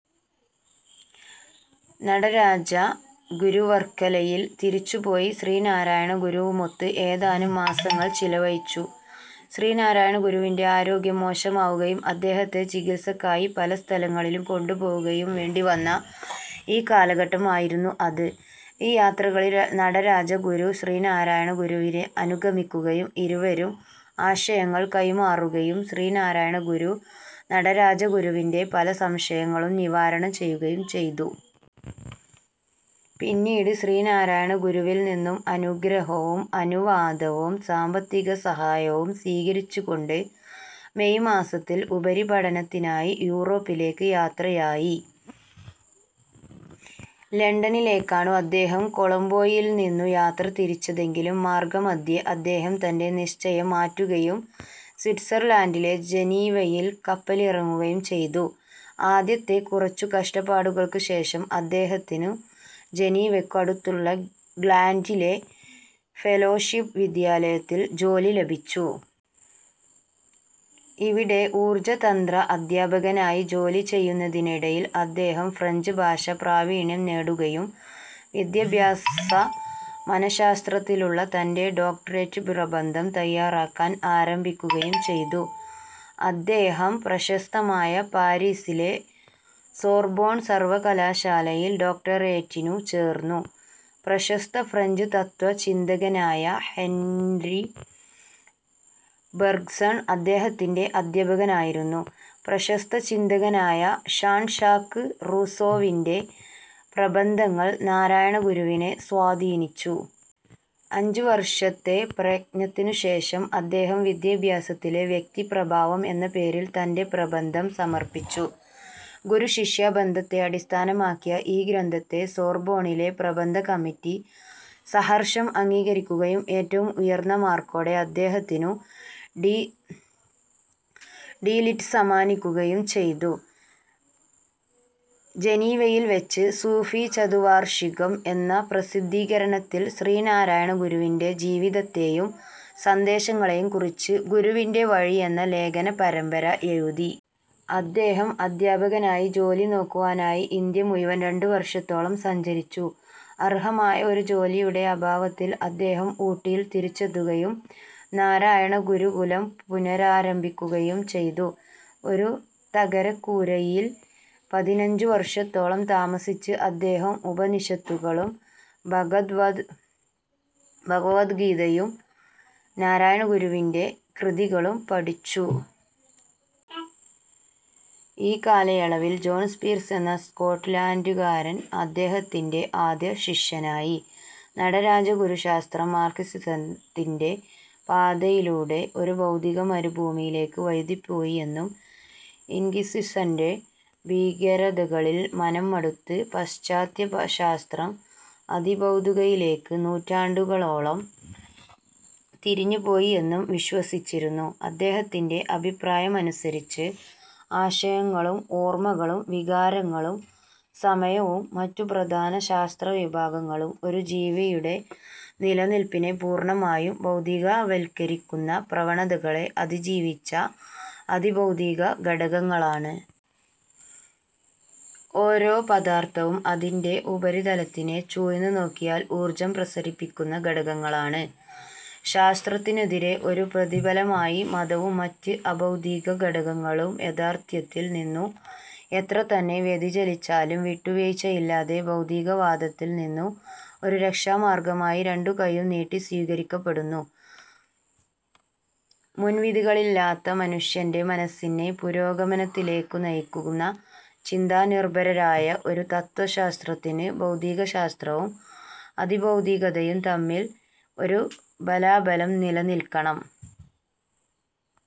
നടരാജ ഗുരു വർക്കലയിൽ തിരിച്ചു പോയി ശ്രീനാരായണ ഗുരുവുമൊത്ത് ഏതാനും മാസങ്ങൾ ചിലവഴിച്ചു. ശ്രീ നാരായണ ഗുരുവിന്റെ ആരോഗ്യം മോശമാവുകയും അദ്ദേഹത്തെ ചികത്സക്കായി പല സ്ഥലങ്ങളിലും കൊണ്ടുപോവുകയും വേണ്ടിവന്ന ഈ കാലഘട്ടം ആയിരുന്നു അത്. ഈ യാത്രകളിൽ നടരാജ ഗുരു ശ്രീനാരായണ ഗുരുവിനെ അനുഗമിക്കുകയും ഇരുവരും ആശയങ്ങൾ കൈമാറുകയും ശ്രീനാരായണ ഗുരു നടരാജ ഗുരുവിന്റെ പല സംശയങ്ങളും നിവാരണം ചെയ്യുകയും ചെയ്തു. പിന്നീട് ശ്രീനാരായണ ഗുരുവിൽ നിന്നം അനുഗ്രഹവും അനുവാദവും സാമ്പത്തിക സഹായവും സ്വീകരിച്ചു കൊണ്ട് മെയ് മാസത്തിൽ ഉപരിപഠനത്തിനായി യൂറോപ്പിലേക്ക് യാത്രയായി. ലണ്ടനിലേക്കാണു അദ്ദേഹം കൊളംബോയിൽ നിന്നു യാത്ര തിരിച്ചതെങ്കിലും മാർഗ്ഗമദ്ധ്യേ അദ്ദേഹം തന്റെ നിശ്ചയം മാറ്റുകയും സ്വിറ്റ്സർലാന്റിലെ ജനീവയിൽ കപ്പലിറങ്ങുകയും ചെയ്തു. ആദ്യത്തെ കുറച്ചു കഷ്ടപ്പാടുകൾക്കു ശേഷം അദ്ദേഹത്തിനു ജനീവക്കു അടുത്തുള്ള ഗ്ലാന്റിലെ ഫെലോഷിപ് വിദ്യാലയത്തിൽ ജോലി ലഭിച്ചു. ഇവിടെ ഊർജ്ജതന്ത്ര അദ്ധ്യാപകനായി ജോലി ചെയ്യുന്നതിനിടയിൽ അദ്ദേഹം ഫ്രഞ്ച് ഭാഷ പ്രാവീണ്യം നേടുകയും വിദ്യാഭ്യാസ മനശാസ്ത്രത്തിലുള്ള തന്റെ ഡോക്ടറേറ്റ് പ്രബന്ധം തയ്യാറാക്കാൻ ആരംഭിക്കുകയും ചെയ്തു. അദ്ദേഹം പ്രശസ്തമായ പാരീസിലെ സോർബോൺ സർവകലാശാലയിൽ ഡോക്ടറേറ്റിനു ചേർന്നു. പ്രശസ്ത ഫ്രഞ്ച് തത്ത്വചിന്തകനായ ഹെന്രി ബെർഗ്ഗ്സൺ അദ്ദേഹത്തിന്റെ അദ്ധ്യാപകനായിരുന്നു. പ്രശസ്ത ചിന്തകനായ ഷാൺ ഷാക്ക് റൂസ്സോവിന്റെ പ്രബന്ധങ്ങൾ നാരായണ ഗുരുവിനെ സ്വാധീനിച്ചു. അഞ്ചു വർഷത്തെ പ്രയത്നത്തിനു ശേഷം അദ്ദേഹം വിദ്യാഭ്യാസത്തിലെ വ്യക്തി പ്രഭാവം എന്ന പേരിൽ തന്റെ പ്രബന്ധം സമർപ്പിച്ചു. ഗുരുശിഷ്യ ബന്ധത്തെ അടിസ്ഥാനമാക്കിയ ഈ ഗ്രന്ധത്തെ സോർബോണിലെ പ്രബന്ധ കമ്മിറ്റി സഹർഷം അംഗീകരിക്കുകയും ഏറ്റവും ഉയർന്ന മാർക്കോടെ അദ്ദേഹത്തിനു ഡി. ലിറ്റ് സമ്മാനിക്കുകയും ചെയ്തു. ജനീവയിൽ വെച്ച് സൂഫി ചതുർവാർഷികം എന്ന പ്രസിദ്ധീകരണത്തിൽ ശ്രീനാരായണ ഗുരുവിന്റെ ജീവിതത്തെയും സന്ദേശങ്ങളെയും കുറിച്ച് "ഗുരുവിന്റെ വഴി" എന്ന ലേഖന പരമ്പര എഴുതി. അദ്ദേഹം അദ്ധ്യാപകനായി ജോലി നോക്കുവാനായി ഇന്ത്യ മുഴുവൻ രണ്ടു വർഷത്തോളം സഞ്ചരിച്ചു. അർഹമായ ഒരു ജോലിയുടെ അഭാവത്തിൽ അദ്ദേഹം ഊട്ടിയിൽ തിരിച്ചെത്തുകയും നാരായണ ഗുരുകുലം പുനരാരംഭിക്കുകയും ചെയ്തു. ഒരു തകരക്കൂരയുൽ പതിനഞ്ചു വർഷത്തോളം താമസിച്ച് അദ്ദേഹം ഉപനിഷത്തുകളും ഭഗവദ് ഗീതയും നാരായണ ഗുരുവിന്റെ കൃതികളും പഠിച്ചു. ഈ കാലയളവിൽ ജോൺ സ്പീർസ് എന്ന സ്കോട്ട്ലാന്റുകാരൻ അദ്ദേഹത്തിന്റെ ആദ്യ ശിഷ്യനായി. നടരാജ ഗുരു ശാസ്ത്രം മാർക്സിസത്തിന്റെ പാതയിലൂടെ ഒരു ഭൗതിക മരുഭൂമിയിലേക്കു വഴുതിപ്പോയി എന്നും ഇൻക്വിസിഷന്റെ ഭീകരതകളിൽ മനം മടുത്ത് പാശ്ചാത്യ ശാസ്ത്രം അതിഭൌതുകയിലേക്ക് നൂറ്റാണ്ടുകളോളം തിരിഞ്ഞുപോയി എന്നും വിശ്വസിച്ചിരുന്നു. അദ്ദേഹത്തിന്റെ അഭിപ്രായമനുസരിച്ച് ആശയങ്ങളും ഓർമ്മകളും വികാരങ്ങളും സമയവും മറ്റു പ്രധാന ശാസ്ത്ര വിഭാഗങ്ങളും ഒരു ജീവിയുടെ നിലനില്പിനെ പൂർണമായും ഭൌതീകവൽക്കരിക്കുന്ന പ്രവണതകളെ അതിജീവിച്ച അതിഭൌതീക ഖടകങ്ങളാണ്. ഓരോ പദാർഥവും അതിന്റെ ഉപരിതലത്തിനെ ചൂഴ്ന്നു നോക്കിയാൽ ഊർജ്ജം പ്രസരിപ്പിക്കുന്ന ഖടകങ്ങളാണ്. ശാസ്ത്രത്തിനെതിരെ ഒരു പ്രതിബലമായി മതവും മറ്റ് അതിഭൌതീക ഖടകങ്ങളും യാത്ഥാർത്ഥ്യത്തിൽ നിന്നു എത്രതന്നെ വ്യതിചലിച്ചാലും വിട്ടുവീഴ്ചയില്ലാത്ത ഭൌതീകവാദത്തിൽനിന്നു ഒരു രക്ഷാമാർഗ്ഗമായി രണ്ടുകൈയും നീട്ടി സ്വീകരിക്കപ്പെടുന്നു. മുൻവിധികളില്ലാത്ത മനുഷ്യന്റെ മനസ്സിന്റെ പുരോഗമനത്തിലേക്കുനയിക്കുന്ന ചിന്താനിർഭരമായ ഒരു തത്ത്വശാസ്ത്രത്തിന് ഭൌതീകശാസ്ത്രവും അതിഭൌതീകതയും തമ്മിൽ ഒരു ബലാബലം നിലനിൽക്കണം.